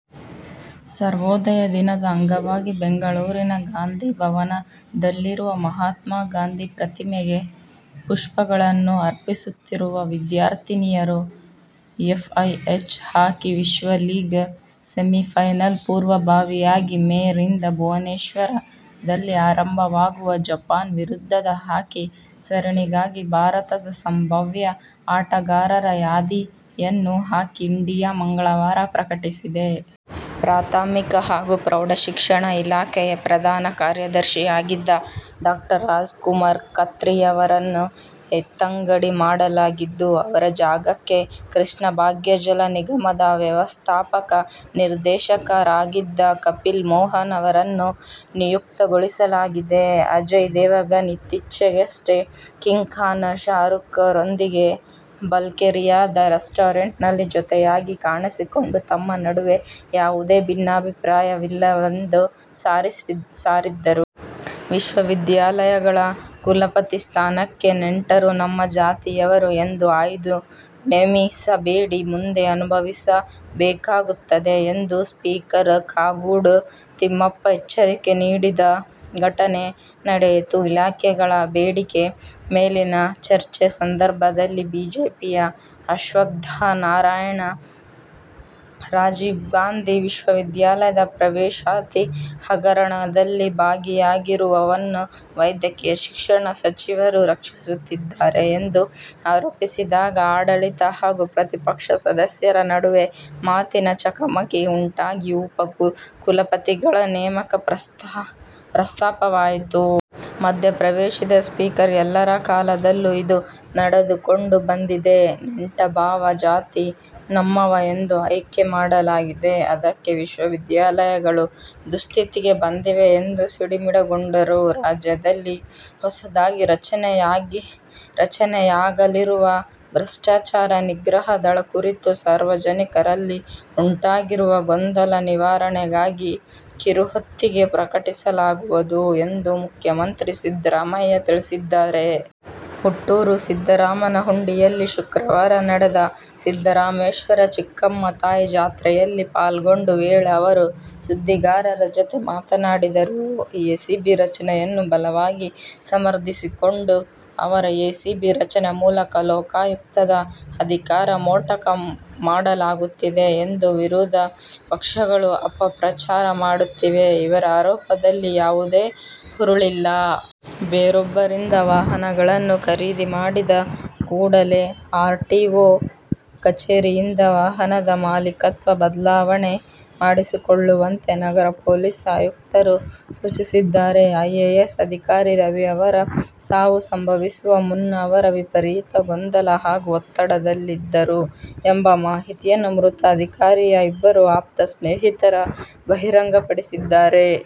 ಸರ್ವೋದಯ ದಿನದ ಅಂಗವಾಗಿ ಬೆಂಗಳೂರಿನ ಗಾಂಧಿ ಭವನದಲ್ಲಿರುವ ಮಹಾತ್ಮಾ ಗಾಂಧಿ ಪ್ರತಿಮೆಗೆ ಪುಷ್ಪಗಳನ್ನು ಅರ್ಪಿಸುತ್ತಿರುವ ವಿದ್ಯಾರ್ಥಿನಿಯರು. ಎಫ್ಐಎಚ್ ಹಾಕಿ ವಿಶ್ವ ಲೀಗ್ ಸೆಮಿಫೈನಲ್ ಪೂರ್ವಭಾವಿಯಾಗಿ ಮೇ ರಿಂದ ಭುವನೇಶ್ವರದಲ್ಲಿ ಆರಂಭವಾಗುವ ಜಪಾನ್ ವಿರುದ್ಧದ ಹಾಕಿ ಸರಣಿಗಾಗಿ ಭಾರತದ ಸಂಭಾವ್ಯ ಆಟಗಾರರ ಯಾದಿಯನ್ನು ಹಾಕಿ ಇಂಡಿಯಾ ಮಂಗಳವಾರ ಪ್ರಕಟಿಸಿದೆ. ಪ್ರಾಥಮಿಕ ಹಾಗೂ ಪ್ರೌಢಶಿಕ್ಷಣ ಇಲಾಖೆಯ ಪ್ರಧಾನ ಕಾರ್ಯದರ್ಶಿಯಾಗಿದ್ದ ಡಾ. ರಾಜಕುಮಾರ್ ಖತ್ರಿಯವರನ್ನು ಎತ್ತಂಗಡಿ ಮಾಡಲಾಗಿದ್ದು, ಅವರ ಜಾಗಕ್ಕೆ ಕೃಷ್ಣಭಾಗ್ಯಜಲ ನಿಗಮದ ವ್ಯವಸ್ಥಾಪಕ ನಿರ್ದೇಶಕರಾಗಿದ್ದ ಕಪಿಲ್ ಮೋಹನ್ ಅವರನ್ನು ನಿಯುಕ್ತಿಗೊಳಿಸಲಾಗಿದೆ. ಅಜಯ್ ದೇವಗನ್ ಇತ್ತೀಚೆಗಷ್ಟೇ ಕಿಂಗ್ ಖಾನ್ ಶಾರೂಕ್'ರೊಂದಿಗೆ ಬಲ್ಗೇರಿಯಾದ ರೆಸ್ಟೋರೆಂಟ್'ನಲ್ಲಿ ಜೊತೆಯಾಗಿ ಕಾಣಿಸಿಕೊಂಡು ತಮ್ಮ ನಡುವೆ ಯಾವುದೇ ಭಿನ್ನಾಬಿಪ್ರಾಯವಿಲ್ಲವೆಂದು ಸಾರಿದ್ದರು. ವಿಶ್ವವಿದ್ಯಾಲಯಗಳ ಕುಲಪತಿ ಸ್ಥಾನಕ್ಕೆ ನೆಂಟರು, ನಮ್ಮ ಜಾತಿಯವರು ಎಂದು ಆಯ್ದು ನೇಮಿಸಬೇಡಿ. ಮುಂದೆ ಅನುಭವಿಸಬೇಕಾಗುತ್ತದೆ ಎಂದು ಸ್ಪೀಕರ್ ಕಾಗೋಡು ತಿಮ್ಮಪ್ಪ ಎಚ್ಚರಿಕೆ ನೀಡಿದ ಘಟನೆ ನಡೆಯಿತು. ಇಲಾಖೆಗಳ ಬೇಡಿಕೆ ಮೇಲಿನ ಚರ್ಚೆ ಸಂದರ್ಭದಲ್ಲಿ ಬಿಜೆಪಿಯ ಅಶ್ವತ್ಥ್ನಾರಾಯಣ, ರಾಜೀವ್ಗಾಂಧಿ ವಿಶ್ವವಿದ್ಯಾಲಯದ ಪ್ರವೇಶಾತಿ ಹಗರಣದಲ್ಲಿ ಭಾಗಿಯಾಗಿರುವವರನ್ನು ವೈದ್ಯಕೀಯ ಶಿಕ್ಷಣ ಸಚಿವರು ರಕ್ಷಿಸುತ್ತಿದ್ದಾರೆ ಎಂದು ಆರೋಪಿಸಿದಾಗ ಆಡಳಿತ ಹಾಗೂ ಪ್ರತಿಪಕ್ಷ ಸದಸ್ಯರ ನಡುವೆ ಮಾತಿನ ಚಕಮಕಿ ಉಂಟಾಗಿ ಉಪ ಕುಲಪತಿಗಳ ನೇಮಕ ಪ್ರಸ್ತಾಪವಾಯಿತು. ಮಧ್ಯೆಪ್ರವೇಶಿದ ಸ್ಪೀಕರ್, ಎಲ್ಲರ ಕಾಲದಲ್ಲೂ ಇದು ನಡೆದುಕೊಂಡು ಬಂದಿದೆ. ನೆಂಟ, ಭಾವ, ಜಾತಿ, ನಮ್ಮವ ಎಂದು ಆಯ್ಕೆ ಮಾಡಲಾಗಿದೆ. ಅದಕ್ಕೆ ವಿಶ್ವವಿದ್ಯಾಲಯಗಳು ದುಸ್ಥಿತಿಗೆ ಬಂದಿವೆ ಎಂದು ಸಿಡಿಮಿಡಿಗೊಂಡರು. ರಾಜ್ಯದಲ್ಲಿ ಹೊಸದಾಗಿ ರಚನೆಯಾಗಲಿರುವ ಭ್ರಷ್ಟಾಚಾರ ನಿಗ್ರಹ ದಳ ಕುರಿತು ಸಾರ್ವಜನಿಕರಲ್ಲಿ ಉಂಟಾಗಿರುವ ಗೊಂದಲ ನಿವಾರಣೆಗಾಗಿ ಕಿರುಹೊತ್ತಿಗೆ ಪ್ರಕಟಿಸಲಾಗುವುದು ಎಂದು ಮುಖ್ಯಮಂತ್ರಿ ಸಿದ್ದರಾಮಯ್ಯ ತಿಳಿಸಿದ್ದಾರೆ. ಹುಟ್ಟೂರು ಸಿದ್ದರಾಮನಹುಂಡಿಯಲ್ಲಿ ಶುಕ್ರವಾರ ನಡೆದ ಸಿದ್ದರಾಮೇಶ್ವರ-ಚಿಕ್ಕಮ್ಮ ತಾಯಿ ಜಾತ್ರೆಯಲ್ಲಿ ಪಾಲ್ಗೊಂಡ ವೇಳೆ ಅವರು ಸುದ್ದಿಗಾರರ ಜತೆ ಮಾತನಾಡಿದರು. ಎಸಿಬಿ ರಚನೆಯನ್ನು ಬಲವಾಗಿ ಸಮರ್ಥಿಸಿಕೊಂಡ ಅವರು, ಎಸಿಬಿ ರಚನೆ ಮೂಲಕ ಲೋಕಾಯುಕ್ತದ ಅಧಿಕಾರ ಮೊಟಕು ಮಾಡಲಾಗುತ್ತಿದೆ ಎಂದು ವಿರೋಧ ಪಕ್ಷಗಳು ಅಪಪ್ರಚಾರ ಮಾಡುತ್ತಿವೆ. ಇವರ ಆರೋಪದಲ್ಲಿ ಯಾವುದೇ ಹುರುಳಿಲ್ಲ. ಬೇರೊಬ್ಬರಿಂದ ವಾಹನಗಳನ್ನು ಖರೀದಿ ಮಾಡಿದ ಕೂಡಲೇ ಆರ್ಟಿಒ ಕಚೇರಿಯಿಂದ ವಾಹನದ ಮಾಲಿಕತ್ವ ಬದಲಾವಣೆ ಮಾಡಿಸಿಕೊಳ್ಳುವಂತೆ ನಗರ ಪೊಲೀಸ್ ಆಯುಕ್ತರು ಸೂಚಿಸಿದ್ದಾರೆ. ಐಎಎಸ್ ಅಧಿಕಾರಿ ರವಿ ಅವರ ಸಾವು ಸಂಭವಿಸುವ ಮುನ್ನ ಅವರು ವಿಪರೀತ ಗೊಂದಲ ಹಾಗೂ ಒತ್ತಡದಲ್ಲಿದ್ದರು ಎಂಬ ಮಾಹಿತಿಯನ್ನು ಮೃತ ಅಧಿಕಾರಿಯ ಇಬ್ಬರು ಆಪ್ತ ಸ್ನೇಹಿತರು ಬಹಿರಂಗಪಡಿಸಿದ್ದಾರೆ.